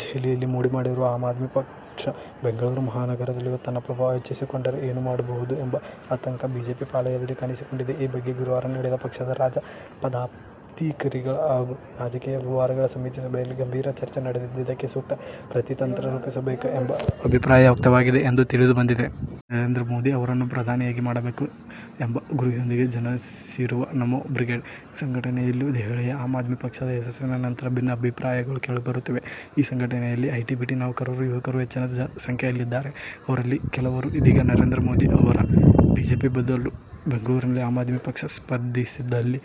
ದೆಹಲಿಯಲ್ಲಿ ಮೋಡಿ ಮಾಡಿರುವ ಆಮ್ ಆದ್ಮಿ ಪಕ್ಷ ಬೆಂಗಳೂರು ಮಹಾನಗರದಲ್ಲೂ ತನ್ನ ಪ್ರಭಾವ ಹೆಚ್ಚಿಸಿಕೊಂಡರೆ ಏನು ಮಾಡುವುದು ಎಂಬ ಆತಂಕ ಬಿಜೆಪಿ ಪಾಳೆಯದಲ್ಲಿ ಕಾಣಿಸಿಕೊಂಡಿದೆ. ಈ ಬಗ್ಗೆ ಗುರುವಾರ ನಡೆದ ಪಕ್ಷದ ರಾಜ್ಯ ಪದಾಧಿಕಾರಿಗಳ ಹಾಗೂ ರಾಜಕೀಯ ವ್ಯವಹಾರಗಳ ಸಮಿತಿ ಸಭೆಯಲ್ಲಿ ಗಂಭೀರ ಚರ್ಚೆ ನಡೆದಿದ್ದು, ಇದಕ್ಕೆ ಸೂಕ್ತ ಪ್ರತಿತಂತ್ರ ರೂಪಿಸಬೇಕು ಎಂಬ ಅಭಿಪ್ರಾಯ ವ್ಯಕ್ತವಾಗಿದೆ ಎಂದು ತಿಳಿದು ಬಂದಿದೆ. ನರೇಂದ್ರ ಮೋದಿ ಅವರನ್ನು ಪ್ರಧಾನಿಯನ್ನಾಗಿ ಮಾಡಬೇಕು ಎಂಬ ಗುರಿಯೊಂದಿಗೆ ಜನಿಸಿರುವ ''''''ನಮೋ ಬ್ರಿಗೇಡ್'' ಸಂಘಟನೆಯಲ್ಲೂ ದೆಹಲಿಯ ಆಮ್ ಆದ್ಮಿ ಪಕ್ಷದ ಯಶಸ್ಸಿನ ನಂತರ ಭಿನ್ನ ಅಭಿಪ್ರಾಯಗಳು ಕೇಳಿ ಬರುತ್ತಿವೆ. ಈ ಸಂಘಟನೆಯಲ್ಲಿ ಐಟಿ-ಬಿಟಿ ನೌಕರರು, ಯುವಕರು ಹೆಚ್ಚಿನ ಸಂಖ್ಯೆಯಲ್ಲಿದ್ದಾರೆ. ಅವರಲ್ಲಿ ಕೆಲವರು ಇದೀಗ ನರೇಂದ್ರ ಮೋದಿ ಅವರ ಬಿಜೆಪಿ ಬದಲು ಬೆಂಗಳೂರಿನಲ್ಲಿ ಆಮ್ ಆದ್ಮಿ ಪಕ್ಷ ಸ್ಪರ್ಧಿಸಿದಲ್ಲಿ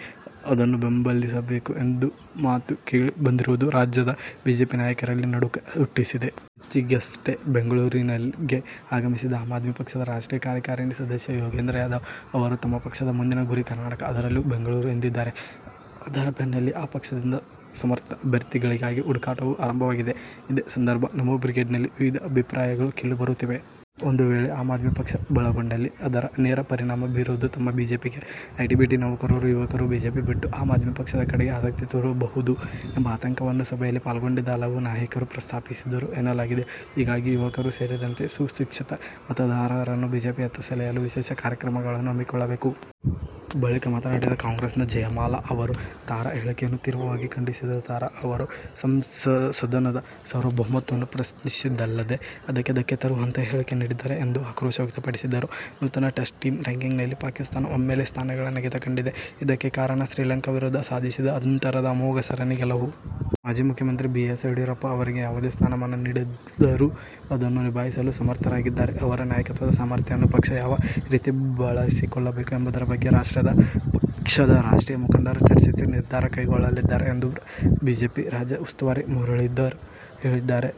ಅದನ್ನು ಬೆಂಬಲಿಸಬೇಕು ಎಂಬ ಮಾತು ಕೇಳಿ ಬಂದಿರುವುದು ರಾಜ್ಯ ಬಿಜೆಪಿ ನಾಯಕರಲ್ಲಿ ನಡುಕ ಹುಟ್ಟಿಸಿದೆ. ಇತ್ತೀಚೆಗಷ್ಟೇ ಬೆಂಗಳೂರಿಗೆ ಆಗಮಿಸಿದ್ದ ಆಮ್ ಆದ್ಮಿ ಪಕ್ಷದ ರಾಷ್ಟ್ರೀಯ ಕಾರ್ಯಕಾರಿಣಿ ಸದಸ್ಯ ಯೋಗೇಂದ್ರ ಯಾದವ್ ಅವರು ತಮ್ಮ ಪಕ್ಷದ ಮುಂದಿನ ಗುರಿ ಕರ್ನಾಟಕ. ಅದರಲ್ಲೂ ಬೆಂಗಳೂರು ಎಂದಿದ್ದರು. ಅದರ ಬೆನ್ನಲ್ಲೇ ಆ ಪಕ್ಷದಿಂದ ಸಮರ್ಥ ಅಭ್ಯರ್ಥಿಗಳಿಗಾಗಿ ಹುಡುಕಾಟವೂ ಆರಂಭವಾಗಿದೆ. ಇದೇ ಸಂದರ್ಭ ನಮೋ ಬ್ರಿಗೇಡ್ನಲ್ಲಿ ವಿವಿಧ ಅಭಿಪ್ರಾಯಗಳು ಕೇಳಿಬರುತ್ತಿವೆ. ಒಂದು ವೇಳೆ ಆಮ್ ಆದ್ಮಿ ಪಕ್ಷ ಬಲಗೊಂಡಲ್ಲಿ ಅದರ ನೇರ ಪರಿಣಾಮ ಬೀರುವುದು ತಮ್ಮ ಬಿಜೆಪಿಗೆ. ಐಟಿ-ಬಿಟಿ ನೌಕರರು, ಯುವಕರು ಬಿಜೆಪಿ ಬಿಟ್ಟು ಆಮ್ ಆದ್ಮಿ ಪಕ್ಷದ ಕಡೆಗೆ ಆಸಕ್ತಿ ತೋರಬಹುದು ಎಂಬ ಆತಂಕವನ್ನು ಸಭೆಯಲ್ಲಿ ಪಾಲ್ಗೊಂಡಿದ್ದ ಹಲವು ನಾಯಕರು ಪ್ರಸ್ತಾಪಿಸಿದರು ಎನ್ನಲಾಗಿದೆ. ಹೀಗಾಗಿ ಯುವಕರೂ ಸೇರಿದಂತೆ ಸುಶಿಕ್ಷಿತ ಮತದಾರರನ್ನು ಬಿಜೆಪಿಯತ್ತ ಸೆಳೆಯಲು ವಿಶೇಷ ಕಾರ್ಯಕ್ರಮಗಳನ್ನು ಹಮ್ಮಿಕೊಳ್ಳಬೇಕು. ಬಳಿಕ ಮಾತನಾಡಿದ ಕಾಂಗ್ರೆಸ್ನ ಜಯಮಾಲಾ ಅವರು ತಾರಾ ಹೇಳಿಕೆಯನ್ನು ತೀವ್ರವಾಗಿ ಖಂಡಿಸಿದರು. ತಾರಾ ಅವರು ಸದನದ ಸಾರ್ವಭೌಮತ್ವವನ್ನು ಪ್ರಶ್ನಿಸಿದ್ದಲ್ಲದೇ, ಅದಕ್ಕೆ ಧಕ್ಕೆ ತರುವಂತಹ ಹೇಳಿಕೆ ನೀಡಿದ್ದಾರೆ ಎಂದು ಆಕ್ರೋಶ ವ್ಯಕ್ತಪಡಿಸಿದರು. ನೂತನ ಟೆಸ್ಟ್ ಟೀಮ್ ರಾಂಕಿಂಗ್ನಲ್ಲಿ ಪಾಕಿಸ್ಥಾನ ಒಮ್ಮೆಲೇ ಸ್ಥಾನಗಳ ನೆಗೆತ ಕಂಡಿದೆ. ಇದಕ್ಕೆ ಕಾರಣ, ಶ್ರೀಲಂಕಾ ವಿರುದ್ಧ ಸಾಧಿಸಿದ ಅಂತರದ ಅಮೋಘ ಸರಣಿ ಗೆಲುವು. ಮಾಜಿ ಮುಖ್ಯಮಂತ್ರಿ ಬಿ. ಎಸ್. ಯಡಿಯೂರಪ್ಪ ಅವರಿಗೆ ಯಾವುದೇ ಸ್ಥಾನ-ಮಾನ ನೀಡಿದರೂ ಅದನ್ನು ನಿಭಾಯಿಸಲು ಸಮರ್ಥರಾಗಿದ್ದು, ಅವರ ನಾಯಕತ್ವದ ಸಾಮರ್ಥ್ಯವನ್ನು ಪಕ್ಷ ಯಾವ ರೀತಿ ಬಳಸಿಕೊಳ್ಳಬೇಕು ಎಂಬುದರ ಬಗ್ಗೆ ಪಕ್ಷದ ರಾಷ್ಟ್ರೀಯ ಮುಖಂಡರು ಚರ್ಚಿಸಿ ನಿರ್ಧಾರ ಕೈಗೊಳ್ಳಲಿದ್ದಾರೆ ಎಂದು ಬಿಜೆಪಿ ರಾಜ್ಯ ಉಸ್ತುವಾರಿ ಮುರಳೀಧರ್ ಹೇಳಿದ್ದಾರೆ.